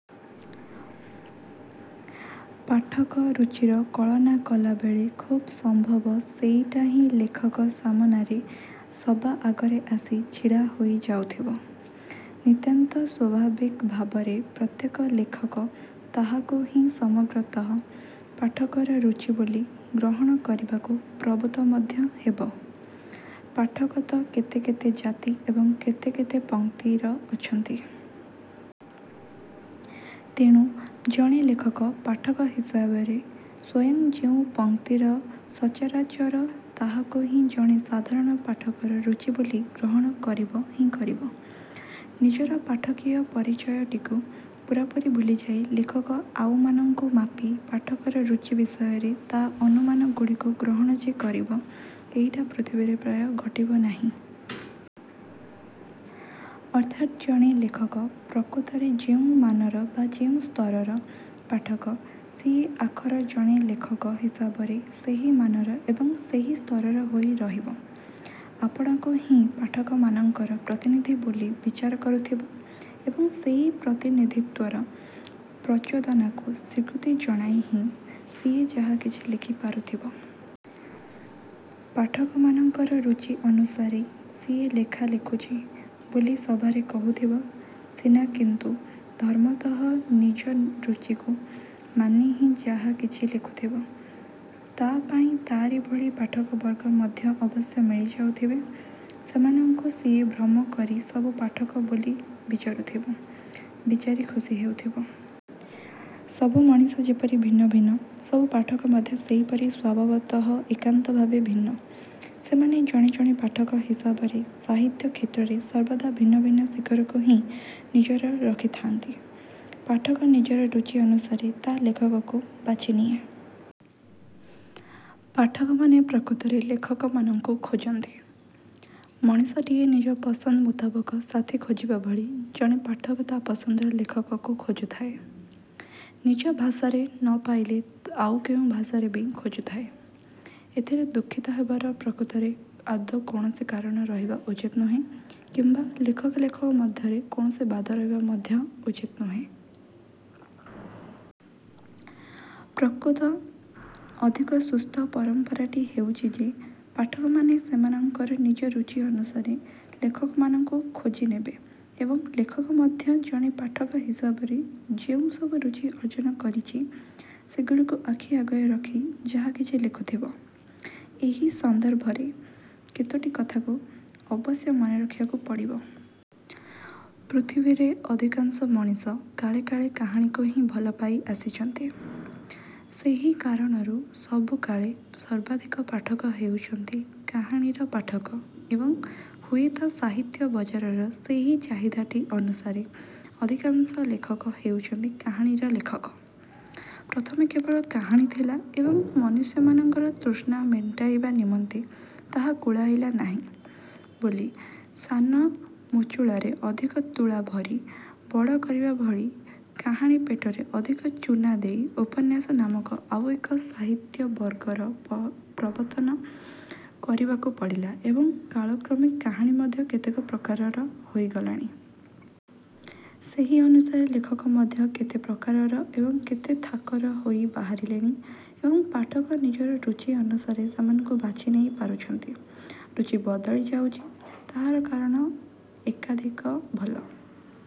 ପାଠକ ରୁଚିର କଳନା କଲାବେଳେ ଖୁବ୍ ସମ୍ଭବ ସେହିଟା ହିଁ ଲେଖକ ସାମନାରେ ସବା ଆଗରେ ଆସି ଛିଡ଼ା ହୋଇ ଯାଉଥିବ। ନିତାନ୍ତ ସ୍ୱାଭାବିକ ଭାବରେ ପ୍ରତ୍ୟେକ ଲେଖକ ତାହାକୁ ହିଁ ସମଗ୍ରତଃ ପାଠକର ରୁଚି ବୋଲି ଗ୍ରହଣ କରିବାକୁ ପ୍ରବୃତ୍ତ ମଧ୍ୟ ହେବ। ପାଠକ ତ କେତେ କେତେ ଜାତି ଏବଂ କେତେ କେତେ ପଂକ୍ତିର ଅଛନ୍ତି। ତେଣୁ ଜଣେ ଲେଖକ ପାଠକ ହିସାବରେ ସ୍ଵୟଂ ଯେଉଁ ପଂକ୍ତିର ସଚରାଚର ତାହାକୁ ହିଁ ଜଣେ ସାଧାରଣ ପାଠକର ରୁଚି ବୋଲି ଗ୍ରହଣ କରିବ ହିଁ କରିବ। ନିଜର ପାଠକୀୟ ପରିଚୟଟିକୁ ପୂରାପୂରି ଭୁଲିଯାଇ ଲେଖକ ଆଉମାନଙ୍କୁ ମାପି ପାଠକର ରୁଚି ବିଷୟରେ ତା ଅନୁମାନଗୁଡ଼ିକୁ ଗ୍ରହଣ ଯେ କରିବ, ଏଇଟା ପୃଥିବୀରେ ପ୍ରାୟ ଘଟିବ ନାହିଁ। ଅର୍ଥାତ୍ ଜଣେ ଲେଖକ ପ୍ରକୃତରେ ଯେଉଁ ମାନର ବା ଯେଉଁ ସ୍ତରର ପାଠକ ସିଏ ଆଖର ଜଣେ ଲେଖକ ହିସାବରେ ସେହି ମାନର ଏବଂ ସେହି ସ୍ତରର ହୋଇ ରହିବ। ଆପଣାକୁ ହିଁ ପାଠକମାନଙ୍କର ପ୍ରତିନିଧି ବୋଲି ବିଚାର କରୁଥିବ ଏବଂ ସେହି ପ୍ରତିନିଧିତ୍ୱର ପ୍ରଚୋଦନାକୁ ସ୍ୱୀକୃତି ଜଣାଇ ହଁ ସିଏ ଯାହା କିଛି ଲେଖି ପାରୁଥିବ। ପାଠକମାନଙ୍କର ରୁଚି ଅନୁସାରେ ସିଏ ଲେଖା ଲେଖୁଛି ବୋଲି ସଭାରେ କହୁଥିବ ସିନା କିନ୍ତୁ ଧର୍ମତଃ ନିଜ ରୁଚିକୁ ମାନି ହିଁ ଯାହାକିଛି ଲେଖୁଥବ। ତା ପାଇଁ ତାରି ଭଳି ପାଠକବର୍ଗ ମଧ୍ୟ ଅବଶ୍ୟ ମିଳିଯାଉଥିବେ। ସେମାନଙ୍କୁ ସିଏ ଭ୍ରମ କରି ସବୁ ପାଠକ ବୋଲି ବିଚାରୁଥିବ, ବିଚାରି ଖୁସୀ ହେଉଥିବ। ସବୁ ମଣିଷ ଯେପରି ଭିନ୍ନ ଭିନ୍ନ, ସବୁ ପାଠକ ମଧ୍ୟ ସେହିପରି ସ୍ୱଭାବତଃ ଏକାନ୍ତ ଭାବେ ଭିନ୍ନ। ସେମାନେ ଜଣେ ଜଣେ ପାଠକ ହିସାବରେ ସାହିତ୍ୟ-କ୍ଷେତ୍ରରେ ସର୍ବଦା ଭିନ୍ନ ଭିନ୍ନ ଶିଖରକୁ ହିଁ ନଜର ରଖିଥାଆନ୍ତି। ପାଠକ ନିଜର ରୁଚି ଅନୁସାରେ ତା ଲେଖକକୁ ବାଛି ନିଏ। ପାଠକମାନେ ପ୍ରକୃତରେ ଲେଖକମାନଙ୍କୁ ଖୋଜନ୍ତି। ମଣିଷଟିଏ ନିଜ ପସନ୍ଦ ମୁତାବକ ସାଥୀ ଖୋଜିବା ଭଳି ଜଣେ ପାଠକ ତା ପସନ୍ଦର ଲେଖକକୁ ଖୋଜୁଥାଏ। ନିଜ ଭାଷାରେ ନ ପାଇଲେ ଆଉ କେଉଁ ଭାଷାରେ ବି ଖୋଜୁଥାଏ। ଏଥିରେ ଦୁଃଖିତ ହେବାର ପ୍ରକୃତରେ ଆଦୌ କୌଣସି କାରଣ ରହିବା ଉଚିତ ନୁହେଁ କିମ୍ବା ଲେଖକ ଲେଖକ ମଧ୍ୟରେ କୌଣସି ବାଦ ରହିବା ମଧ୍ୟ ଉଚିତ ନୁହେଁ। ପ୍ରକୃତ ଅଧିକ ସୁସ୍ଥ ପରମ୍ପରାଟି ହେଉଛି ଯେ ପାଠକମାନେ ସେମାନଙ୍କର ନିଜ ରୁଚି ଅନୁସାରେ ଲେଖକମାନଙ୍କୁ ଖୋଜି ନେବେ ଏବଂ ଲେଖକ ମଧ୍ୟ ଜଣେ ପାଠକ ହିସାବରେ ଯେଉଁ ସବୁ ରୁଚି ଅର୍ଜନ କରିଛି, ସେହିଗୁଡ଼ିକୁ ଆଖି ଆଗରେ ରଖି ଯାହାକିଛି ଲେଖୁଥିବ। ଏହି ସନ୍ଦର୍ଭରେ କେତୋଟି କଥାକୁ ଅବଶ୍ୟ ମନେ ରଖିବାକୁ ପଡ଼ିବ। ପୃଥିବୀରେ ଅଧିକାଂଶ ମଣିଷ କାଳେ କାଳେ କାହାଣୀକୁ ହିଁ ଭଲ ପାଇ ଆସିଛନ୍ତି। ସେହି କାରଣରୁ ସବୁକାଳେ ସର୍ବାଧିକ ପାଠକ ହେଉଛନ୍ତି କାହାଣୀର ପାଠକ ଏବଂ ହୁଏତ ସାହିତ୍ୟ ବଜାରର ସେହି ଚାହିଦାଟି ଅନୁସାରେ ଅଧିକାଂଶ ଲେଖକ ହେଉଛନ୍ତି କାହାଣୀର ଲେଖକ। ପ୍ରଥମେ କେବଳ କାହାଣୀ ଥିଲା ଏବଂ ମନୁଷ୍ୟମାନଙ୍କର ତୃଷା ମେଣ୍ଟାଇବା ନିମନ୍ତେ ତାହା କୁଳାଇଲା ନାହିଁ ବୋଲି ସାନ ମୁଚୁଳାରେ ଅଧିକ ତୁଳା ଭରି ବଡ଼ କରିବା ଭଳି କାହାଣୀ ପେଟରେ ଅଧିକ ଚୂନା ଦେଇ ଉପନ୍ୟାସ ନାମକ ଆଉ ଏକ ସାହିତ୍ୟବର୍ଗର ପ୍ରବର୍ତ୍ତନ କରିବାକୁ ପଡ଼ିଲା ଏବଂ କାଳକ୍ରମେ କାହାଣୀ ମଧ୍ୟ କେତେ ପ୍ରକାରର ହୋଇଗଲାଣି। ସେହି ଅନୁସାରେ ଲେଖକ ମଧ୍ୟ କେତେ ପ୍ରକାରର ଏବଂ କେତେ ଥାକର ହୋଇ ବାହାରିଲେଣି ଏବଂ ପାଠକ ନିଜର ରୁଚି ଅନୁସାରେ ସେମାନଙ୍କୁ ବାଛିନେଇ ପାରୁଛନ୍ତି, ରୁଚି ବଦଳି ଯାଉଛି। ତାହାର କାରଣ ଏକାଧିକ। ଭଲ